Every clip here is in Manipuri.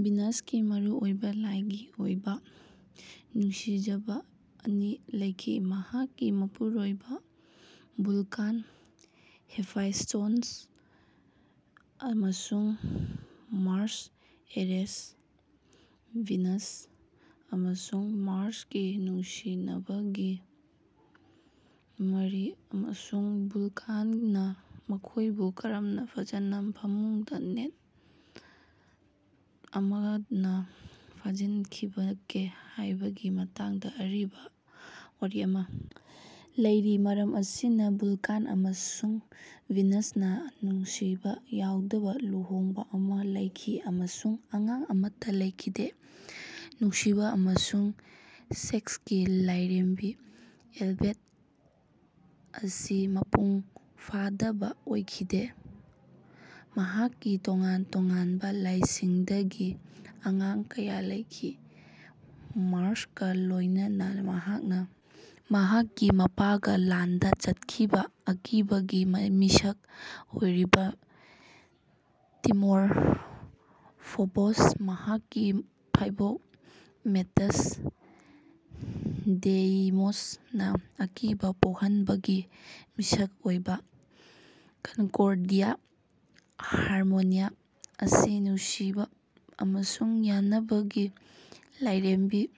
ꯚꯤꯅꯁꯀꯤ ꯃꯔꯨꯑꯣꯏꯕ ꯂꯥꯏꯒꯤ ꯑꯣꯏꯕ ꯅꯨꯡꯁꯤꯖꯕ ꯑꯅꯤ ꯂꯩꯈꯤ: ꯃꯍꯥꯛꯀꯤ ꯃꯄꯨꯔꯣꯏꯕ ꯚꯨꯜꯀꯥꯟ (ꯍꯦꯐꯥꯏꯁ꯭ꯇꯣꯟꯁ) ꯑꯃꯁꯨꯡ ꯃꯥꯔ꯭ꯁ (ꯑꯦꯔꯦꯁ)꯫ ꯚꯤꯅꯁ ꯑꯃꯁꯨꯡ ꯃꯥꯔ꯭ꯁꯀꯤ ꯅꯨꯡꯁꯤꯅꯕꯒꯤ ꯃꯔꯤ ꯑꯃꯁꯨꯡ ꯚꯨꯜꯀꯥꯟꯅ ꯃꯈꯣꯏꯕꯨ ꯀꯔꯝꯅ ꯐꯖꯅ ꯐꯃꯨꯡꯗ ꯅꯦꯠ ꯑꯃꯅ ꯐꯥꯖꯤꯟꯈꯤꯕꯒꯦ ꯍꯥꯏꯕꯒꯤ ꯃꯇꯥꯡꯗ ꯑꯔꯤꯕ ꯋꯥꯔꯤ ꯑꯃ ꯂꯩꯔꯤ꯫ ꯃꯔꯝ ꯑꯁꯤꯅ ꯚꯨꯜꯀꯥꯟ ꯑꯃꯁꯨꯡ ꯚꯤꯅꯁꯅ ꯅꯨꯡꯁꯤꯕ ꯌꯥꯎꯗꯕ ꯂꯨꯍꯣꯡꯕ ꯑꯃ ꯂꯩꯈꯤ ꯑꯃꯁꯨꯡ ꯑꯉꯥꯡ ꯑꯃꯠꯇ ꯂꯩꯈꯤꯗꯦ꯫ ꯅꯨꯡꯁꯤꯕ ꯑꯃꯁꯨꯡ ꯁꯦꯛꯁꯀꯤ ꯂꯥꯏꯔꯦꯝꯕꯤ ꯑꯜꯕꯦꯠ ꯑꯁꯤ ꯃꯄꯨꯡ ꯐꯥꯗꯕ ꯑꯣꯏꯈꯤꯗꯦ; ꯃꯍꯥꯛꯀꯤ ꯇꯣꯉꯥꯟ-ꯇꯣꯉꯥꯟꯕ ꯂꯥꯏꯁꯤꯡꯗꯒꯤ ꯑꯉꯥꯡ ꯀꯌꯥ ꯂꯩꯈꯤ꯫ ꯃꯥꯔ꯭ꯁꯀ ꯂꯣꯏꯅꯅ, ꯃꯍꯥꯛꯅ ꯃꯍꯥꯛꯀꯤ ꯃꯄꯥꯒ ꯂꯥꯟꯗ ꯆꯠꯈꯤꯕ ꯑꯀꯤꯕꯒꯤ ꯃꯤꯁꯛ ꯑꯣꯏꯔꯤꯕ ꯇꯤꯃꯣꯔ (ꯐꯣꯕꯣꯁ), ꯃꯍꯥꯛꯀꯤ ꯐꯥꯏꯕꯣꯛ ꯃꯦꯇꯁ (ꯗꯦꯏꯃꯣꯁ)ꯅ ꯑꯀꯤꯕ ꯄꯣꯛꯍꯟꯕꯒꯤ ꯃꯤꯁꯛ ꯑꯣꯏꯕ, ꯀꯟꯀꯣꯔꯗꯤꯌꯥ (ꯍꯥꯔꯃꯣꯅꯤꯌꯥ) ꯑꯁꯤ ꯅꯨꯡꯁꯤꯕ ꯑꯃꯁꯨꯡ ꯌꯥꯅꯕꯒꯤ ꯂꯥꯏꯔꯦꯝꯕꯤ,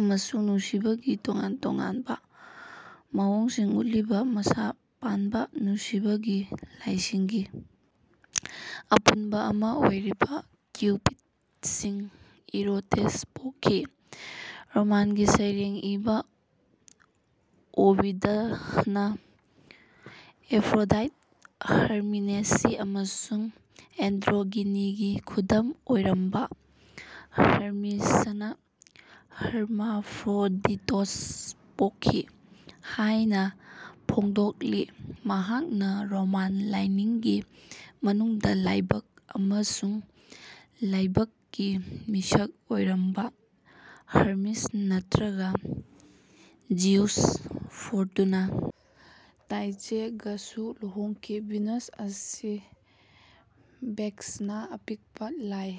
ꯑꯃꯁꯨꯡ ꯅꯨꯡꯁꯤꯕꯒꯤ ꯇꯣꯉꯥꯟ-ꯇꯣꯉꯥꯟꯕ ꯃꯑꯣꯡꯁꯤꯡ ꯎꯠꯂꯤꯕ ꯃꯁꯥ ꯄꯥꯟꯕ ꯅꯨꯡꯁꯤꯕꯒꯤ ꯂꯥꯏꯁꯤꯡꯒꯤ ꯑꯄꯨꯟꯕ ꯑꯃ ꯑꯣꯏꯔꯤꯕ ꯀ꯭ꯌꯨꯞꯁꯤꯡ (ꯏꯔꯣꯇꯦꯁ) ꯄꯣꯛꯈꯤ꯫ꯔꯣꯃꯥꯟꯒꯤ ꯁꯩꯔꯦꯡ ꯏꯕ ꯑꯣꯕꯤꯗꯅ ꯑꯦꯐ꯭ꯔꯣꯗꯥꯏꯠ ꯍꯔꯃꯤꯅꯦꯁꯤ ꯑꯃꯁꯨꯡ ꯑꯦꯟꯗ꯭ꯔꯣꯒꯤꯅꯤꯒꯤ ꯈꯨꯗꯝ ꯑꯣꯏꯔꯝꯕ ꯍꯔꯃꯤꯁꯅ ꯍꯔꯃꯥꯐ꯭ꯔꯣꯗꯤꯇꯣꯁ ꯄꯣꯛꯈꯤ ꯍꯥꯏꯅ ꯐꯣꯡꯗꯣꯛꯂꯤ꯫ ꯃꯍꯥꯛꯅ ꯔꯣꯃꯥꯟ ꯂꯥꯏꯅꯤꯡꯒꯤ ꯃꯅꯨꯡꯗ ꯂꯥꯏꯕꯛ ꯑꯃꯁꯨꯡ ꯂꯥꯏꯕꯛꯀꯤ ꯃꯤꯁꯛ ꯑꯣꯏꯔꯝꯕ ꯍꯔꯃꯤꯁ ꯅꯠꯇ꯭ꯔꯒ ꯖꯤꯎꯁ, ꯐꯣꯔꯇꯨꯅꯥ (ꯇꯥꯏꯆꯦ)ꯒꯁꯨ ꯂꯨꯍꯣꯡꯈꯤ꯫ ꯚꯤꯅꯁ ꯑꯁꯤ ꯕꯦꯛꯁꯅ ꯑꯄꯤꯛꯄ ꯂꯥꯏ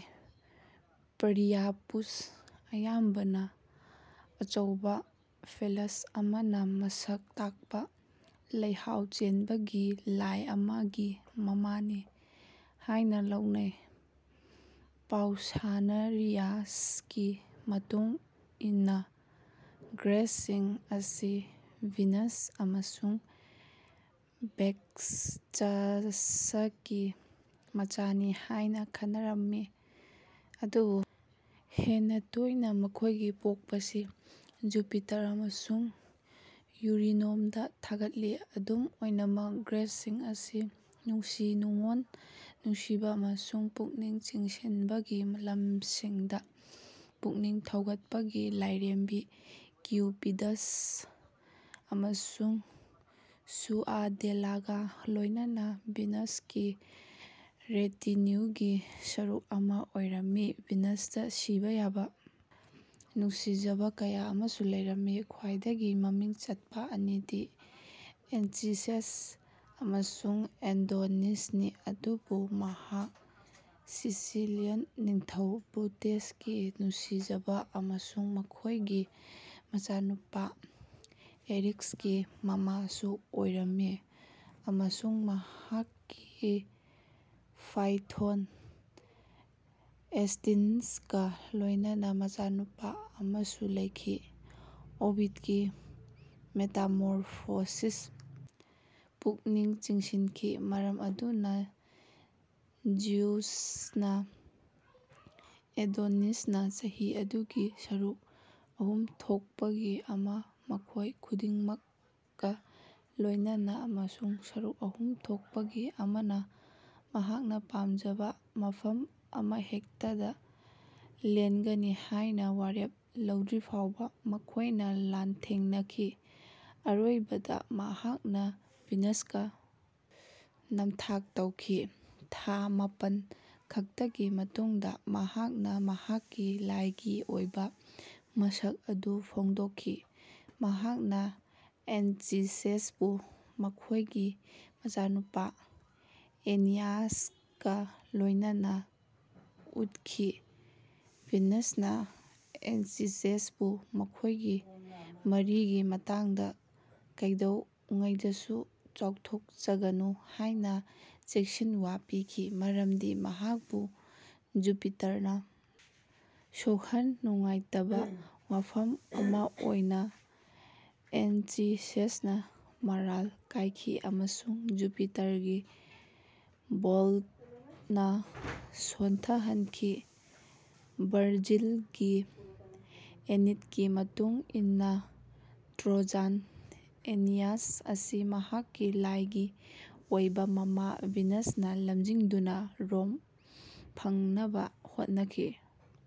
ꯄ꯭ꯔꯤꯌꯥꯄꯨꯁ (ꯑꯌꯥꯝꯕꯅ ꯑꯆꯧꯕ ꯐꯦꯂꯁ ꯑꯃꯅ ꯃꯁꯛ ꯇꯥꯛꯄ ꯂꯩꯍꯥꯎ ꯆꯦꯟꯕꯒꯤ ꯂꯥꯏ ꯑꯃ)ꯒꯤ ꯃꯃꯥꯅꯤ ꯍꯥꯏꯅ ꯂꯧꯅꯩ꯫ ꯄꯥꯎꯁꯥꯅꯤꯌꯥꯁꯀꯤ ꯃꯇꯨꯡ ꯏꯟꯅ, ꯒ꯭ꯔꯦꯁꯁꯤꯡ ꯑꯁꯤ ꯚꯤꯅꯁ ꯑꯃꯁꯨꯡ ꯕꯦꯛꯆꯁꯀꯤ ꯃꯆꯥꯅꯤ ꯍꯥꯏꯅ ꯈꯟꯅꯔꯝꯃꯤ, ꯑꯗꯨꯕꯨ ꯍꯦꯟꯅ ꯇꯣꯏꯅ ꯃꯈꯣꯏꯒꯤ ꯄꯣꯛꯄꯁꯤ ꯖꯨꯄꯤꯇꯔ ꯑꯃꯁꯨꯡ ꯌꯨꯔꯤꯅꯣꯝꯗ ꯊꯥꯒꯠꯂꯤ꯫ ꯑꯗꯨꯝ ꯑꯣꯏꯅꯃꯛ, ꯒ꯭ꯔꯦꯁꯁꯤꯡ ꯑꯁꯤ ꯅꯨꯡꯁꯤ-ꯅꯨꯡꯑꯣꯟ, ꯅꯨꯡꯁꯤꯕ ꯑꯃꯁꯨꯡ ꯄꯨꯛꯅꯤꯡ ꯆꯤꯡꯁꯤꯟꯕꯒꯤ ꯂꯝꯁꯤꯡꯗ ꯄꯨꯛꯅꯤꯡ ꯊꯧꯒꯠꯄꯒꯤ ꯂꯥꯏꯔꯦꯝꯕꯤ ꯀ꯭ꯌꯨꯄꯤꯗ꯭ꯁ ꯑꯃꯁꯨꯡ ꯁꯨꯑꯗꯦꯂꯥꯒ ꯂꯣꯏꯅꯅ ꯚꯤꯅꯁꯀꯤ ꯔꯦꯇꯤꯅ꯭ꯌꯨꯒꯤ ꯁꯔꯨꯛ ꯑꯃ ꯑꯣꯏꯔꯝꯃꯤ꯫ ꯚꯤꯅꯁꯇ ꯁꯤꯕ ꯌꯥꯕ ꯅꯨꯡꯁꯤꯖꯕ ꯀꯌꯥ ꯑꯃꯁꯨ ꯂꯩꯔꯝꯃꯤ꯫ ꯈ꯭ꯋꯥꯏꯗꯒꯤ ꯃꯃꯤꯡ ꯆꯠꯄ ꯑꯅꯤꯗꯤ ꯑꯦꯟꯆꯤꯁꯦꯁ ꯑꯃꯁꯨꯡ ꯑꯦꯗꯣꯅꯤꯁꯅꯤ, ꯑꯗꯨꯕꯨ ꯃꯍꯥꯛ ꯁꯤꯁꯤꯂꯤꯌꯟ ꯅꯤꯡꯊꯧ ꯕꯨꯇꯦꯁꯀꯤ ꯅꯨꯡꯁꯤꯖꯕ ꯑꯃꯁꯨꯡ ꯃꯈꯣꯏꯒꯤ ꯃꯆꯥꯅꯨꯄꯥ ꯑꯦꯔꯤꯛꯁꯀꯤ ꯃꯃꯥꯁꯨ ꯑꯣꯏꯔꯝꯃꯤ, ꯑꯃꯁꯨꯡ ꯃꯍꯥꯛꯀꯤ ꯐꯥꯏꯊꯣꯟ, ꯑꯦꯁꯇꯤꯟꯁꯀ ꯂꯣꯏꯅꯅ ꯃꯆꯥꯅꯨꯄꯥ ꯑꯃꯁꯨ ꯂꯩꯈꯤ꯫ ꯑꯣꯕꯤꯠꯀꯤ ꯃꯦꯇꯥꯃꯣꯔꯐꯣꯁꯤꯁ ꯄꯨꯛꯅꯤꯡ ꯆꯤꯡꯁꯤꯟꯈꯤ, ꯃꯔꯝ ꯑꯗꯨꯅ ꯖꯤꯎꯁꯅ ꯑꯦꯗꯣꯅꯤꯁꯅ ꯆꯍꯤ ꯑꯗꯨꯒꯤ ꯁꯔꯨꯛ ꯑꯍꯨꯝ ꯊꯣꯛꯄꯒꯤ ꯑꯃ ꯃꯈꯣꯏ ꯈꯨꯗꯤꯡꯃꯛꯀ ꯂꯣꯏꯅꯅ ꯑꯃꯁꯨꯡ ꯁꯔꯨꯛ ꯑꯍꯨꯝ ꯊꯣꯛꯄꯒꯤ ꯑꯃꯅ ꯃꯍꯥꯛꯅ ꯄꯥꯝꯖꯕ ꯃꯐꯝ ꯑꯃꯍꯦꯛꯇꯗ ꯂꯦꯟꯒꯅꯤ ꯍꯥꯏꯅ ꯋꯥꯔꯦꯞ ꯂꯧꯗ꯭ꯔꯤꯐꯥꯎꯕ ꯃꯈꯣꯏꯅ ꯂꯥꯟꯊꯦꯡꯅꯈꯤ꯫ ꯑꯔꯣꯏꯕꯗ, ꯃꯍꯥꯛꯅ ꯚꯤꯅꯁꯀ ꯅꯝꯊꯥꯛ ꯇꯧꯈꯤ; ꯊꯥ ꯃꯥꯄꯟ ꯈꯛꯇꯒꯤ ꯃꯇꯨꯡꯗ ꯃꯍꯥꯛꯅ ꯃꯍꯥꯛꯀꯤ ꯂꯥꯏꯒꯤ ꯑꯣꯏꯕ ꯃꯁꯛ ꯑꯗꯨ ꯐꯣꯡꯗꯣꯛꯈꯤ꯫ ꯃꯍꯥꯛꯅ ꯑꯦꯟꯆꯤꯁꯦꯁꯄꯨ ꯃꯈꯣꯏꯒꯤ ꯃꯆꯥꯅꯨꯄꯥ ꯑꯦꯅꯤꯌꯥꯁꯀ ꯂꯣꯏꯅꯅ ꯎꯠꯈꯤ꯫ ꯚꯤꯅꯁꯅ ꯑꯦꯟꯆꯤꯁꯦꯁꯄꯨ ꯃꯈꯣꯏꯒꯤ ꯃꯔꯤꯒꯤ ꯃꯇꯥꯡꯗ ꯀꯩꯗꯧꯉꯩꯗꯁꯨ ꯆꯥꯎꯊꯣꯛꯆꯒꯅꯨ ꯍꯥꯏꯅ ꯆꯦꯛꯁꯤꯟꯋꯥ ꯄꯤꯈꯤ ꯃꯔꯝꯗꯤ ꯃꯍꯥꯛꯄꯨ ꯖꯨꯄꯤꯇꯔꯅ ꯁꯣꯛꯍꯟ ꯅꯨꯡꯉꯥꯏꯇꯕ ꯋꯥꯐꯝ ꯑꯃ ꯑꯣꯏꯅ, ꯑꯦꯟꯆꯤꯁꯦꯁꯅ ꯃꯔꯥꯜ ꯀꯥꯏꯈꯤ ꯑꯃꯁꯨꯡ ꯖꯨꯄꯤꯇꯔꯒꯤ ꯕꯣꯜꯠꯅ ꯁꯣꯟꯊꯍꯟꯈꯤ꯫ ꯚꯔꯖꯤꯜꯒꯤ ꯑꯦꯅꯤꯠꯀꯤ ꯃꯇꯨꯡ ꯏꯟꯅ ꯇ꯭ꯔꯣꯖꯥꯟ ꯑꯦꯅꯤꯌꯥꯁ ꯑꯁꯤ ꯃꯍꯥꯛꯀꯤ ꯂꯥꯏꯒꯤ ꯑꯣꯏꯕ ꯃꯃꯥ ꯚꯤꯅꯁꯅ ꯂꯝꯖꯤꯡꯗꯨꯅ ꯔꯣꯝ ꯐꯪꯅꯕ ꯍꯣꯠꯅꯈꯤ꯫